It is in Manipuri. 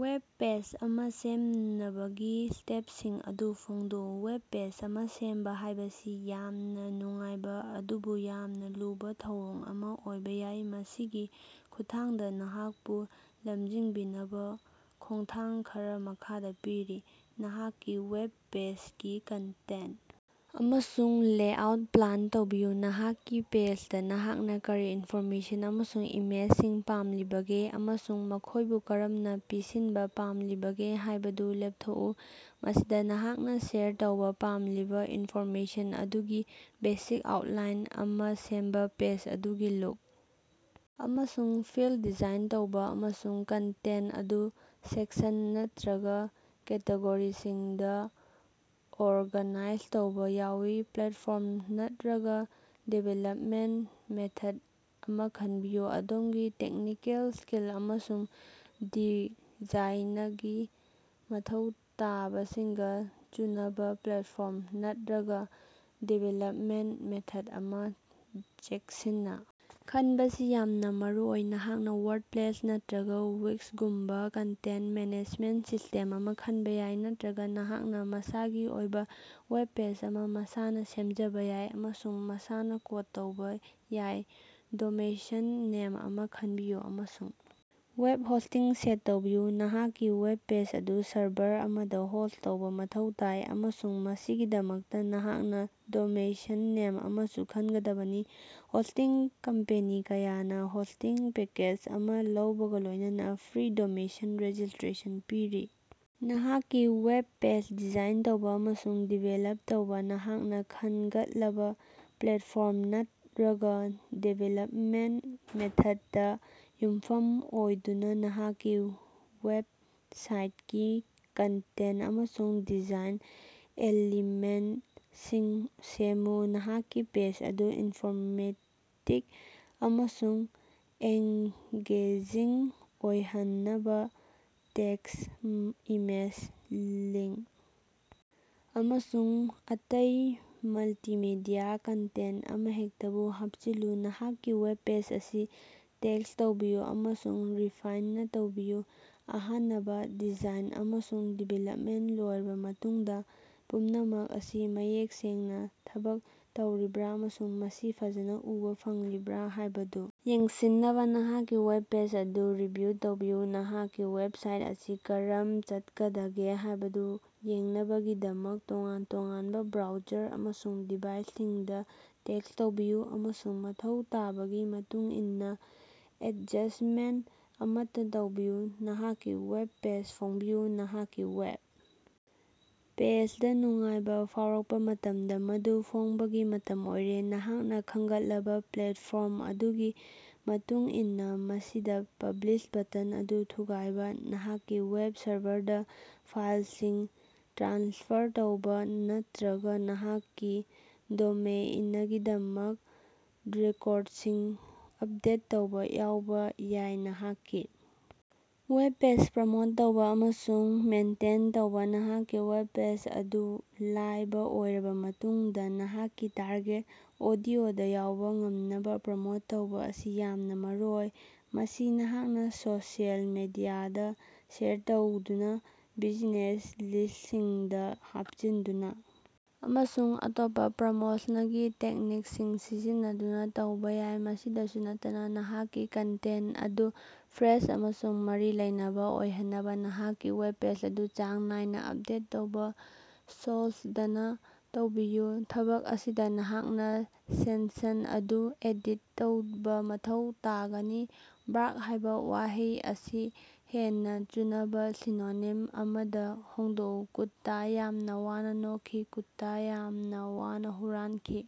ꯋꯦꯕ ꯄꯦꯖ ꯑꯃ ꯁꯦꯝꯅꯕꯒꯤ ꯁ꯭ꯇꯦꯄꯁꯤꯡ ꯑꯗꯨ ꯐꯣꯡꯗꯣꯛꯎ꯫ ꯋꯦꯕ ꯄꯦꯖ ꯑꯃ ꯁꯦꯝꯕ ꯍꯥꯏꯕꯁꯤ ꯌꯥꯝꯅ ꯅꯨꯡꯉꯥꯏꯕ ꯑꯗꯨꯕꯨ ꯌꯥꯝꯅꯥ ꯂꯨꯕꯥ ꯊꯧꯑꯣꯡ ꯑꯃ ꯑꯣꯏꯕ ꯌꯥꯏ꯫ ꯃꯁꯤꯒꯤ ꯈꯨꯠꯊꯥꯡꯗꯥ ꯅꯍꯥꯛꯄꯨ ꯂꯝꯖꯤꯡꯕꯤꯅꯕ ꯈꯣꯡꯊꯥꯡ ꯈꯔꯥ ꯃꯈꯥꯗ ꯄꯤꯔꯤ: ꯅꯍꯥꯛꯀꯤ ꯋꯦꯕ ꯄꯦꯖꯒꯤ ꯀꯟꯇꯦꯟꯇ ꯑꯃꯁꯨꯡ ꯂꯦꯑꯥꯎꯠ ꯄ꯭ꯂꯥꯟ ꯇꯧꯕꯤꯌꯨ: ꯅꯍꯥꯛꯀꯤ ꯄꯦꯖꯗ ꯅꯍꯥꯛꯅ ꯀꯔꯤ ꯏꯟꯐꯣꯔꯃꯦꯁꯟ ꯑꯃꯁꯨꯡ ꯏꯃꯦꯖꯁꯤꯡ ꯄꯥꯝꯂꯤꯕꯒꯦ ꯑꯃꯁꯨꯡ ꯃꯈꯣꯏꯕꯨ ꯀꯔꯝꯅ ꯄꯤꯁꯤꯟꯕ ꯄꯥꯝꯂꯤꯕꯒꯦ ꯍꯥꯏꯕꯗꯨ ꯂꯦꯞꯊꯣꯛꯎ꯫ ꯃꯁꯤꯗ ꯅꯍꯥꯛꯅ ꯁꯦꯌꯔ ꯇꯧꯕꯥ ꯄꯥꯝꯂꯤꯕꯥ ꯏꯟꯐꯣꯔꯃꯦꯁꯟ ꯑꯗꯨꯒꯤ ꯕꯦꯁꯤꯛ ꯑꯥꯎꯇꯂꯥꯏꯟ ꯑꯃ ꯁꯦꯝꯕꯥ, ꯄꯦꯖ ꯑꯗꯨꯒꯤ ꯂꯨꯛ ꯑꯃꯁꯨꯡ ꯐꯤꯜ ꯗꯤꯖꯥꯏꯟ ꯇꯧꯕꯥ, ꯑꯃꯁꯨꯡ ꯀꯟꯇꯦꯟꯇ ꯑꯗꯨ ꯁꯦꯛꯁꯟ ꯅꯠꯇꯔꯒꯥ ꯀꯦꯇꯦꯒꯣꯔꯤꯁꯤꯡꯗ ꯑꯣꯔꯒꯥꯅꯥꯏꯖ ꯇꯧꯕꯥ ꯌꯥꯎꯏ꯫ ꯄ꯭ꯂꯦꯠꯐꯣꯔꯝ ꯅꯠꯔꯒꯥ ꯗꯤꯕꯦꯂꯄꯃꯦꯟꯇ ꯃꯦꯊꯗ ꯑꯃꯥ ꯈꯟꯕꯤꯌꯨ: ꯑꯗꯣꯝꯒꯤ ꯇꯦꯛꯅꯤꯀꯦꯜ ꯁ꯭ꯀꯤꯜ ꯑꯃꯁꯨꯡ ꯗꯤꯖꯥꯏꯅꯒꯤ ꯃꯊꯧ ꯇꯥꯕꯁꯤꯡꯒ ꯆꯨꯅꯕ ꯄ꯭ꯂꯦꯠꯐꯣꯔꯝ ꯅꯠꯔꯒꯥ ꯗꯤꯕꯦꯂꯄꯃꯦꯟꯇ ꯃꯦꯊꯗ ꯑꯃꯥ ꯆꯦꯛꯁꯤꯟꯅ ꯈꯟꯕꯁꯤ ꯌꯥꯝꯅꯥ ꯃꯔꯨꯑꯣꯏ꯫ ꯅꯍꯥꯛꯅꯥ ꯋꯥꯔꯗꯄꯂꯦꯁ ꯅꯠꯇꯔꯒꯥ ꯋꯤꯛꯁꯒꯨꯝꯕꯥ ꯀꯟꯇꯦꯟꯇ ꯃꯦꯅꯦꯖꯃꯦꯟꯇ ꯁꯤꯁꯇꯦꯝ ꯑꯃ ꯈꯟꯕ ꯌꯥꯏ, ꯅꯠꯇꯔꯒꯥ ꯅꯍꯥꯛꯅ ꯃꯁꯥꯒꯤ ꯑꯣꯏꯕ ꯋꯦꯕ ꯄꯦꯖ ꯑꯃ ꯃꯁꯥꯅ ꯁꯦꯝꯖꯕ ꯌꯥꯏ ꯑꯃꯁꯨꯡ ꯃꯁꯥꯅ ꯀꯣꯗ ꯇꯧꯕꯥ ꯌꯥꯏ꯫ ꯗꯣꯃꯦꯏꯟ ꯅꯦꯝ ꯑꯃ ꯈꯟꯕꯤꯌꯨ ꯑꯃꯁꯨꯡ ꯋꯦꯕ ꯍꯣꯁꯇꯤꯡ ꯁꯦꯠ ꯇꯧꯕꯤꯌꯨ: ꯅꯍꯥꯛꯀꯤ ꯋꯦꯕ ꯄꯦꯖ ꯑꯗꯨ ꯁꯔꯚꯔ ꯑꯃꯗ ꯍꯣꯁꯠ ꯇꯧꯕꯥ ꯃꯊꯧ ꯇꯥꯏ, ꯑꯃꯁꯨꯡ ꯃꯁꯤꯒꯤꯗꯃꯛꯇꯥ ꯅꯍꯥꯛꯅꯥ ꯗꯣꯃꯦꯏꯟ ꯅꯦꯝ ꯑꯃꯁꯨ ꯈꯟꯒꯗꯕꯅꯤ꯫ ꯍꯣꯁꯇꯤꯡ ꯀꯝꯄꯦꯅꯤ ꯀꯌꯥꯅ ꯍꯣꯁꯇꯤꯡ ꯄꯦꯀꯦꯖ ꯑꯃꯥ ꯂꯧꯕꯒꯥ ꯂꯣꯏꯅꯅ ꯐ꯭ꯔꯤ ꯗꯣꯃꯦꯟ ꯔꯦꯖꯤꯁꯇꯔꯦꯁꯟ ꯄꯤꯔꯤ꯫ ꯅꯍꯥꯛꯀꯤ ꯋꯦꯕ ꯄꯦꯖ ꯗꯤꯖꯥꯏꯟ ꯇꯧꯕꯥ ꯑꯃꯁꯨꯡ ꯗꯤꯕꯦꯂꯞ ꯇꯧꯕꯥ: ꯅꯍꯥꯛꯅ ꯈꯟꯒꯠꯂꯕ ꯄ꯭ꯂꯦꯠꯐꯣꯔꯝ ꯅꯠꯔꯒꯥ ꯗꯤꯕꯦꯂꯄꯃꯦꯟꯇ ꯃꯦꯊꯗꯇꯥ ꯌꯨꯝꯐꯝ ꯑꯣꯏꯗꯨꯅꯥ ꯅꯍꯥꯛꯀꯤ ꯋꯦꯕꯁꯥꯏꯇꯀꯤ ꯀꯟꯇꯦꯟꯇ ꯑꯃꯁꯨꯡ ꯗꯤꯖꯥꯏꯟ ꯑꯦꯂꯤꯃꯦꯟꯇꯁꯤꯡ ꯁꯦꯝꯃꯨ꯫ ꯅꯍꯥꯛꯀꯤ ꯄꯦꯖ ꯑꯗꯨ ꯏꯅꯐꯣꯔꯃꯦꯇꯤꯚ ꯑꯃꯁꯨꯡ ꯑꯦꯡꯒꯦꯖꯤꯡ ꯑꯣꯏꯍꯟꯅꯕꯥ ꯇꯦꯛꯁꯠ, ꯏꯃꯦꯖ, ꯂꯤꯡꯀ, ꯑꯃꯁꯨꯡ ꯑꯇꯩ ꯃꯜꯇꯤꯃꯤꯗꯤꯌꯥ ꯀꯟꯇꯦꯟꯇ ꯑꯃꯍꯦꯛꯇꯕꯨ ꯍꯥꯄꯆꯤꯜꯂꯨ꯫ ꯅꯍꯥꯛꯀꯤ ꯋꯦꯕ ꯄꯦꯖ ꯑꯁꯤ ꯇꯦꯁ꯭ꯠ ꯇꯧꯕꯤꯌꯨ ꯑꯃꯁꯨꯡ ꯔꯤꯐꯥꯏꯟꯅꯥ ꯇꯧꯕꯤꯌꯨ: ꯑꯍꯥꯅꯕꯥ ꯗꯤꯖꯥꯏꯟ ꯑꯃꯁꯨꯡ ꯗꯤꯕꯦꯂꯄꯃꯦꯟꯇ ꯂꯣꯏꯔꯕꯥ ꯃꯇꯨꯡꯗꯥ, ꯄꯨꯝꯅꯃꯛ ꯑꯁꯤ ꯃꯌꯦꯛ ꯁꯦꯡꯅꯥ ꯊꯕꯛ ꯇꯧꯔꯤꯕ꯭ꯔꯥ ꯑꯃꯁꯨꯡ ꯃꯁꯤ ꯐꯖꯅꯥ ꯎꯕꯥ ꯐꯪꯂꯤꯕ꯭ꯔꯥ ꯍꯥꯏꯕꯗꯨ ꯌꯦꯡꯁꯤꯟꯅꯕꯥ ꯅꯍꯥꯛꯀꯤ ꯋꯦꯕ ꯄꯦꯖ ꯑꯗꯨ ꯔꯤꯚꯤꯌꯨ ꯇꯧꯕꯤꯌꯨ꯫ ꯅꯍꯥꯛꯀꯤ ꯋꯦꯕꯁꯥꯏꯠ ꯑꯁꯤ ꯀꯔꯝꯅꯥ ꯆꯠꯀꯗꯒꯦ ꯍꯥꯏꯕꯗꯨ ꯌꯦꯡꯅꯕꯒꯤꯗꯃꯛ ꯇꯣꯉꯥꯟ-ꯇꯣꯉꯥꯟꯕ ꯕ꯭ꯔꯥꯎꯖꯔ ꯑꯃꯁꯨꯡ ꯗꯤꯚꯥꯏꯁꯁꯤꯡꯗꯥ ꯇꯦꯁꯠ ꯇꯧꯕꯤꯌꯨ ꯑꯃꯁꯨꯡ ꯃꯊꯧ ꯇꯥꯕꯒꯤ ꯃꯇꯨꯡꯏꯟꯅꯥ ꯑꯦꯗꯖꯁꯇꯃꯦꯟꯇ ꯑꯃꯠꯇꯥ ꯇꯧꯕꯤꯌꯨ꯫ ꯅꯍꯥꯛꯀꯤ ꯋꯦꯕ ꯄꯦꯖ ꯐꯣꯡꯕꯤꯌꯨ: ꯅꯍꯥꯛꯀꯤ ꯋꯦꯕ ꯄꯦꯖꯗꯥ ꯅꯨꯡꯉꯥꯏꯕꯥ ꯐꯥꯎꯔꯛꯄꯥ ꯃꯇꯝꯗ ꯃꯗꯨ ꯐꯣꯡꯕꯒꯤ ꯃꯇꯝ ꯑꯣꯏꯔꯦ꯫ ꯅꯍꯥꯛꯅ ꯈꯟꯒꯠꯂꯕꯥ ꯄ꯭ꯂꯦꯇꯐꯣꯔꯝ ꯑꯗꯨꯒꯤ ꯃꯇꯨꯡꯏꯟꯅꯥ, ꯃꯁꯤꯗꯥ ꯄꯕ꯭ꯂꯤꯁ ꯕꯇꯟ ꯑꯗꯨ ꯊꯨꯒꯥꯏꯕꯥ, ꯅꯍꯥꯛꯀꯤ ꯋꯦꯕ ꯁꯔꯚꯔꯗꯥ ꯐꯥꯏꯂꯁꯤꯡ ꯇ꯭ꯔꯥꯟꯁꯐꯔ ꯇꯧꯕꯥ, ꯅꯠꯇꯔꯒꯥ ꯅꯍꯥꯛꯀꯤ ꯗꯣꯃꯦꯏꯅꯒꯤꯗꯃꯛ ꯔꯦꯀꯣꯔꯗꯁꯤꯡ ꯑꯄꯗꯦꯠ ꯇꯧꯕꯥ ꯌꯥꯎꯕꯥ ꯌꯥꯏ꯫ ꯅꯍꯥꯛꯀꯤ ꯋꯦꯕ ꯄꯦꯖ ꯄ꯭ꯔꯃꯣꯠ ꯇꯧꯕꯥ ꯑꯃꯁꯨꯡ ꯃꯦꯟꯇꯦꯟ ꯇꯧꯕꯥ: ꯅꯍꯥꯛꯀꯤ ꯋꯦꯕ ꯄꯦꯖ ꯑꯗꯨ ꯂꯥꯏꯕ ꯑꯣꯏꯔꯕꯥ ꯃꯇꯨꯡꯗꯥ ꯅꯍꯥꯛꯀꯤ ꯇꯥꯔꯒꯦꯠ ꯑꯣꯗꯤꯑꯣꯗꯥ ꯌꯧꯕꯥ ꯉꯝꯅꯕꯥ ꯄ꯭ꯔꯃꯣꯠ ꯇꯧꯕꯥ ꯑꯁꯤ ꯌꯥꯝꯅꯥ ꯃꯔꯨꯑꯣꯏ꯫ ꯃꯁꯤ ꯅꯍꯥꯛꯅꯥ ꯁꯣꯁꯤꯑꯦꯜ ꯃꯤꯗꯤꯌꯥꯗꯥ ꯁꯦꯌꯔ ꯇꯧꯗꯨꯅꯥ, ꯕꯤꯖꯤꯅꯦꯁ ꯂꯤꯁꯇꯁꯤꯡꯗꯥ ꯍꯥꯄꯆꯤꯟꯗꯨꯅꯥ, ꯑꯃꯁꯨꯡ ꯑꯇꯣꯞꯄꯥ ꯄ꯭ꯔꯃꯣꯁꯅꯒꯤ ꯇꯦꯛꯅꯤꯛꯁꯤꯡ ꯁꯤꯖꯤꯟꯅꯗꯨꯅꯥ ꯇꯧꯕꯥ ꯌꯥꯏ꯫ ꯃꯁꯤꯗꯁꯨ ꯅꯠꯇꯅꯥ, ꯅꯍꯥꯛꯀꯤ ꯀꯟꯇꯦꯟꯇ ꯑꯗꯨ ꯐ꯭ꯔꯦꯁ ꯑꯃꯁꯨꯡ ꯃꯔꯤ ꯂꯩꯅꯕꯥ ꯑꯣꯏꯍꯟꯅꯕꯥ ꯅꯍꯥꯛꯀꯤ ꯋꯦꯕ ꯄꯦꯖ ꯑꯗꯨ ꯆꯥꯡ ꯅꯥꯏꯅꯥ ꯑꯄꯗꯦꯠ ꯇꯧꯕꯥ ꯁꯣꯌꯗꯅꯥ ꯇꯧꯕꯤꯌꯨ꯫ ꯊꯕꯛ ꯑꯁꯤꯗꯥ ꯅꯍꯥꯛꯅꯥ ꯁꯦꯟꯁꯟ ꯑꯗꯨ ꯑꯦꯗꯤꯠ ꯇꯧꯕꯥ ꯃꯊꯧ ꯇꯥꯒꯅꯤ꯫ "ꯕꯥꯔꯛ" ꯍꯥꯏꯕꯥ ꯋꯥꯍꯩ ꯑꯁꯤ ꯍꯦꯟꯅꯥ ꯆꯨꯅꯕꯥ ꯁꯤꯅꯣꯅꯤꯝ ꯑꯃꯗꯥ ꯍꯣꯡꯗꯣꯛꯎ꯫ ꯀꯨꯠꯇꯥ ꯌꯥꯝꯅ ꯋꯥꯅꯥ ꯅꯣꯛꯈꯤ꯫ ꯀꯨꯠꯇꯥ ꯌꯥꯝꯅ ꯋꯥꯅ ꯍꯨꯔꯥꯟꯈꯤ꯫।